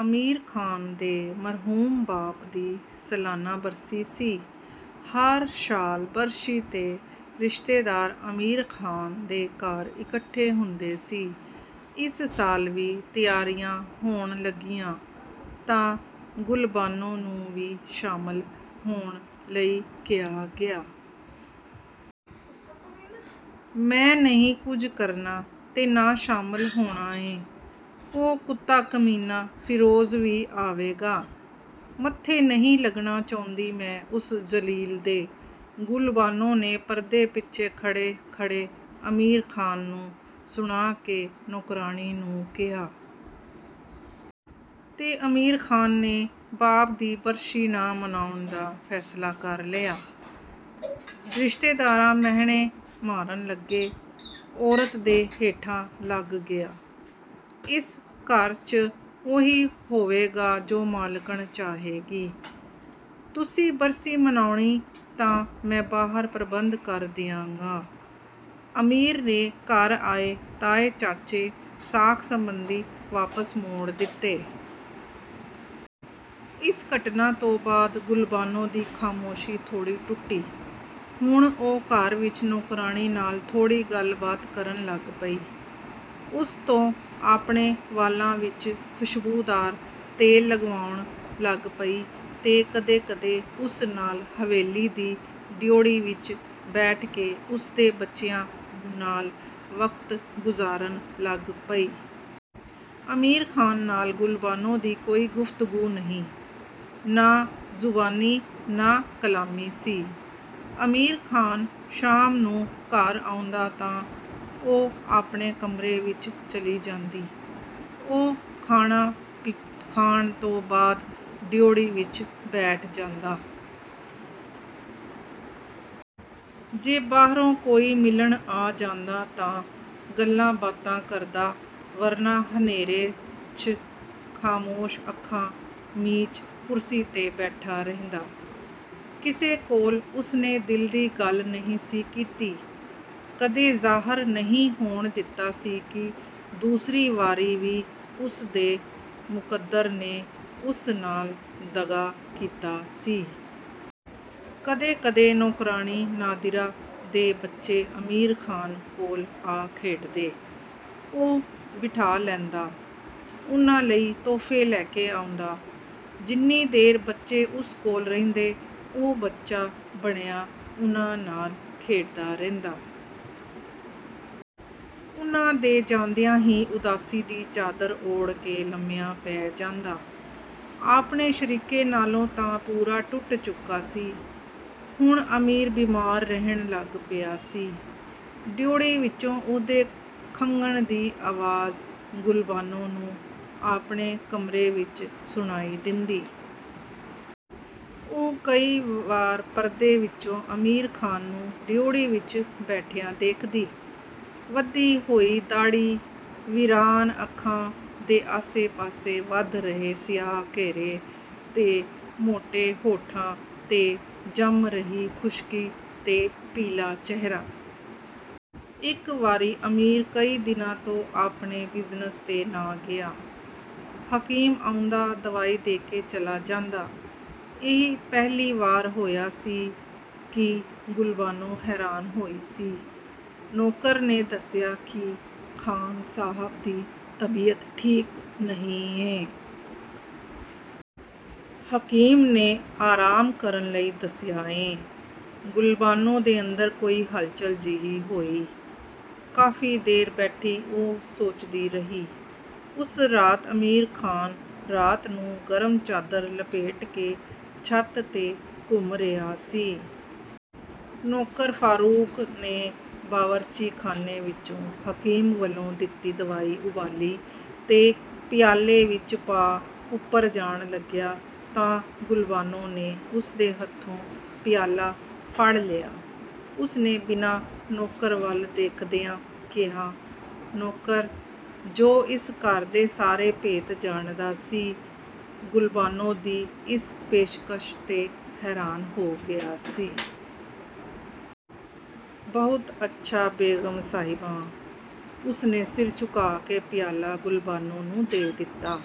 ਅਮੀਰ ਖ਼ਾਨ ਦੇ ਮਰਹੂਮ ਬਾਪ ਦੀ ਸਲਾਨਾ ਬਰਸੀ ਸੀ। ਹਰ ਸ਼ਾਲ ਬਰਸ਼ੀ ਤੇ ਰਿਸ਼ਤੇਦਾਰ ਅਮੀਰ ਖ਼ਾਨ ਦੇ ਘਰ ਇੱਕਠੇ ਹੁੰਦੇ ਸੀ। ਇਸ ਸਾਲ ਵੀ ਤਿਆਰੀਆਂ ਹੋਣ ਲੱਗੀਆਂ, ਤਾਂ ਗੁਲਬਾਨੋ ਨੂੰ ਵੀ ਸ਼ਾਮਲ ਹੋਣ ਲਈ ਕਿਹਾ ਗਿਆ। "ਮੈਂ ਨਹੀ ਕੁਝ ਕਰਨਾ ਤੇ ਨਾਂ ਸ਼ਾਮਲ ਹੋਣਾਂ ਏਂ। ਉਹ ਕੁੱਤਾ-ਕਮੀਨਾਂ ਫਿਰੋਜ਼ ਵੀ ਆਵੇਗਾ। ਮੱਥੇ ਨਹੀ ਲੱਗਣਾ ਚਹੁੰਦੀ ਮੈਂ ਉਸ ਜ਼ਲੀਲ ਦੇ "ਗੁਲਬਾਨੋ ਨੇ ਪਰਦੇ ਪਿੱਛੇ ਖੜ੍ਹੇ ਖੜੇ ਅਮੀਰ ਖ਼ਾਨ ਨੂੰ ਸੁਣਾ ਕੇ ਨੌਕਰਾਣੀ ਨੂੰ ਕਿਹਾ। ਤੇ ਅਮੀਰ ਖ਼ਾਨ ਨੇ ਬਾਪ ਦੀ ਬਰਸ਼ੀ ਨਾ ਮਨਾਉਣ ਦਾ ਫੈਸਲਾ ਕਰ ਲਿਆ। ਰਿਸ਼ਤੇਦਾਰਾ ਮੈਹਣੇ ਮਾਰਨ ਲੱਗੇ… "ਔਰਤ ਦੇ ਹੇਠਾਂ ਲੱਗ ਗਿਆ".. "ਇਸ ਘਰ, ਚ' ਉਹੀ ਹੋਵੇਗਾ ਜੋ ਮਾਲਕਣ ਚਾਹੇਗੀ ", ਤੁਸੀ ਬਰਸੀ ਮਨਾਉਣੀ ਤਾਂ ਮੈਂ ਬਾਹਰ ਪ੍ਰਬੰਧ ਕਰ ਦਿਆਗਾਂ, ਅਮੀਰ ਨੇ ਘਰ ਆਏ ਤਾਏ-ਚਾਚੇ ਸਾਕ-ਸਬੰਧੀ ਵਾਪਸ ਮੋੜ ਦਿਤੇ। ਇਸ ਘਟਨਾ ਤੋਂ ਬਾਅਦ ਗੁਲਬਾਨੋ ਦੀ ਖਾਮੋਸ਼ੀ ਥੋੜੀ ਟੁੱਟੀ। ਹੁਣ ਉਹ ਘਰ ਵਿੱਚ ਨੌਕਰਾਣੀ ਨਾਲ ਥੋੜ੍ਹੀ ਗੱਲਬਾਤ ਕਰਨ ਲੱਗ ਪਈ। ਉਸ ਤੋਂ ਆਪਣੇ ਵਾਲਾਂ ਵਿੱਚ ਖ਼ੁਸ਼ਬੂਦਾਰ ਤੇਲ ਲਗਵਾਉਣ ਲੱਗ ਪਈ ਤੇ ਕਦੇ ਕਦੇ ਉਸ ਨਾਲ ਹਵੇਲੀ ਦੀ ਡਿਉਢੀ ਵਿੱਚ ਬੈਠ ਕੇ ਉਸਦੇ ਬੱਚਿਆਂ ਨਾਲ ਵਕਤ ਗੁਜ਼ਾਰਨ ਲੱਗ ਪਈ। ਅਮੀਰ ਖ਼ਾਨ ਨਾਲ ਗੁਲਬਾਨੋ ਦੀ ਕੋਈ ਗੁਫਤਗੂ ਨਹੀਂ, ਨਾ ਜ਼ੁਬਾਨੀ ਨਾ ਕਲਾਮੀ ਸੀ। ਅਮੀਰ ਖਾਨ ਸ਼ਾਮ ਨੂੰ ਘਰ ਆਉਦਾਂ ਤਾਂ, ਉਹ ਆਪਣੇ ਕਮਰੇ ਵਿੱਚ ਚਲੀ ਜਾਂਦੀ। ਉਹ ਖਾਣਾਂ ਖਾਣ ਤੋ ਬਾਅਦ ਡਿਉਢੀ ਵਿੱਚ ਬੈਠ ਜਾਂਦਾ। ਜੇ ਬਾਹਰੋ ਕੋਈ ਮਿਲਣ ਆ ਜਾਂਦਾ ਤਾਂ ਗੱਲਾਂਬਾਤਾ ਕਰਦਾ ਵਰਨਾ ਹਨੇਰੇ, ਚ' ਖਾਮੋਸ਼ ਅੱਖਾਂ ਮੀਚ ਕੁਰਸੀ ਤੇ ਬੈਠਾ ਰਹਿੰਦਾ। ਕਿਸੇ ਕੋਲ ਉਸਨੇ ਦਿਲ ਦੀ ਗੱਲ ਨਹੀ ਸੀ ਕੀਤੀ। ਕਦੇ ਜ਼ਾਹਰ ਨਹੀਂ ਹੋਣ ਦਿਤਾ ਸੀ ਕਿ ਦੂਸਰੀ ਵਾਰੀ ਵੀ ਉਸਦੇ ਮੁਕੱਦਰ ਨੇ ਉਸ ਨਾਲ ਦਗ਼ਾ ਕੀਤਾ ਸੀ। ਕਦੇ ਕਦੇ ਨੌਕਰਾਣੀ ਨਾਦਿਰਾ ਦੇ ਬੱਚੇ ਅਮੀਰ ਖ਼ਾਨ ਕੋਲ ਆ ਖੇਡਦੇ। ਉਹ ਬਿਠਾ ਲੈਂਦਾ, ਉਨ੍ਹਾਂ ਲਈ ਤੋਹਫੇ ਲੈ ਕੇ ਆਉਦਾ। ਜਿੰਨੀ ਦੇਰ ਬੱਚੇ ਉਸ ਕੋਲ ਰਹਿੰਦੇ, ਉਹ ਬੱਚਾ ਬਣਿਆਂ ਉਨ੍ਹਾਂ ਨਾਲ ਖੇਡਦਾ ਰਹਿੰਦਾਂ। ਉਨ੍ਹਾਂ ਦੇ ਜਾਂਦਿਆਂ ਹੀ ਉਦਾਸੀ ਦੀ ਚਾਦਰ ਓੜ ਕੇ ਲੰਮਿਆਂ ਪੈ ਜਾਂਦਾ। ਆਪਣੇ ਸ਼ਰੀਕੇ ਨਾਲੋਂ ਤਾਂ ਪੂਰਾ ਟੁੱਟ ਚੁੱਕਾ ਸੀ। ਹੁਣ ਅਮੀਰ ਬੀਮਾਰ ਰਹਿਣ ਲੱਗ ਪਿਆ ਸੀ। ਡਿਉਢੀ ਵਿਚੋਂ ਉਹਦੇ ਖੰਘਣ ਦੀ ਆਵਾਜ਼ ਗੁਲਬਾਨੋ ਨੂੰ ਆਪਣੇ ਕਮਰੇ ਵਿੱਚ ਸੁਣਾਈ ਦਿੰਦੀ। ਉਹ ਕਈ ਵਾਰ ਪਰਦੇ ਵਿਚੋਂ ਅਮੀਰ ਖ਼ਾਨ ਨੂੰ ਡਿਉਢੀ ਵਿੱਚ ਬੈਠਿਆ ਦੇਖਦੀ। ਵਧੀ ਹੋਈ ਦਾੜੀ, ਵੀਰਾਨ ਅੱਖਾਂ ਦੇ ਆਸੇ ਪਾਸੇ ਵਧ ਰਹੇ ਸਿਆਹ ਘੇਰੇ ਤੇ ਮੋਟੇ ਹੋਂਠਾਂ ਤੇ ਜੰਮ ਰਹੀ ਖੁਸ਼ਕੀ ਤੇ ਪੀਲਾ ਚਿਹਰਾ। ਇਕ ਵਾਰੀ ਅਮੀਰ ਕਈ ਦਿਨਾਂ ਤੋਂ ਆਪਣੇ ਬਿਜ਼ਨਸ ਤੇ ਨਾ ਗਿਆ, ਹਕੀਮ ਆਉਦਾਂ ਦਵਾਈ ਦੇ ਕੇ ਚਲਾ ਜਾਦਾਂ। ਇਹ ਪਹਿਲੀ ਵਾਰ ਹੋਇਆ ਸੀ, ਕਿ ਗੁਲਬਾਨੋ ਹੈਰਾਨ ਹੋਈ ਸੀ। ਨੌਕਰ ਨੇ ਦੱਸਿਆ ਕਿ ਖ਼ਾਨ ਸਾਹਬ ਦੀ ਤਬੀਅਤ ਠੀਕ ਨਹੀਂ ਏਂ। ਹਕੀਮ ਨੇ ਆਰਾਮ ਕਰਨ ਲਈ ਦੱਸਿਆ ਏਂ। ਗੁਲਬਾਨੋ ਦੇ ਅੰਦਰ ਕੋਈ ਹੱਲਚੱਲ ਜਿਹੀ ਹੋਈ, ਕਾਫ਼ੀ ਦੇਰ ਬੈਠੀ ਉਹ ਸੋਚਦੀ ਰਹੀ। ਉਸ ਰਾਤ ਅਮੀਰ ਖ਼ਾਨ ਰਾਤ ਨੂੰ ਗਰਮ ਚਾਦਰ ਲਪੇਟ ਕੇ ਛੱਤ ਤੇ ਘੁੰਮ ਰਿਹਾ ਸੀ। ਨੌਕਰ ਫਾਰੂਕ ਨੇ ਬਾਵਰਚੀ ਖਾਨੇ ਵਿਚੋਂ ਹਕੀਮ ਵੱਲੋਂ ਦਿਤੀ ਦਵਾਈ ਉਬਾਲੀ ਤੇ ਪਿਆਲੇ ਵਿੱਚ ਪਾ ਉਪਰ ਜਾਣ ਲੱਗਿਆ ਤਾਂ ਗੁਲਬਾਨੋ ਨੇ ੳਸਦੇ ਹੱਥੋਂ ਪਿਆਲਾ ਫੜ੍ਹ ਲਿਆ। ਉਸਨੇ ਬਿਨਾਂ ਨੌਕਰ ਵੱਲ ਦੇਖਦਿਆਂ ਕਿਹਾ। ਨੌਕਰ, ਜੋ ਇਸ ਘਰ ਦੇ ਸਾਰੇ ਭੇਤ ਜਾਣਦਾ ਸੀ, ਗੁਲਬਾਨੋ ਦੀ ਇਸ ਪੇਸ਼ਕਸ਼ ਤੇ ਹੈਰਾਨ ਹੋ ਗਿਆ ਸੀ। "ਬਹੁਤ ਅੱਛਾ ਬੇਗ਼ਮ ਸਹਿਬਾਂ ".. ਉਸਨੇ ਸਿਰ ਝੁਕਾ ਕੇ ਪਿਆਲਾ ਗੁਲਬਾਨੋ ਨੂੰ ਦੇ ਦਿਤਾ।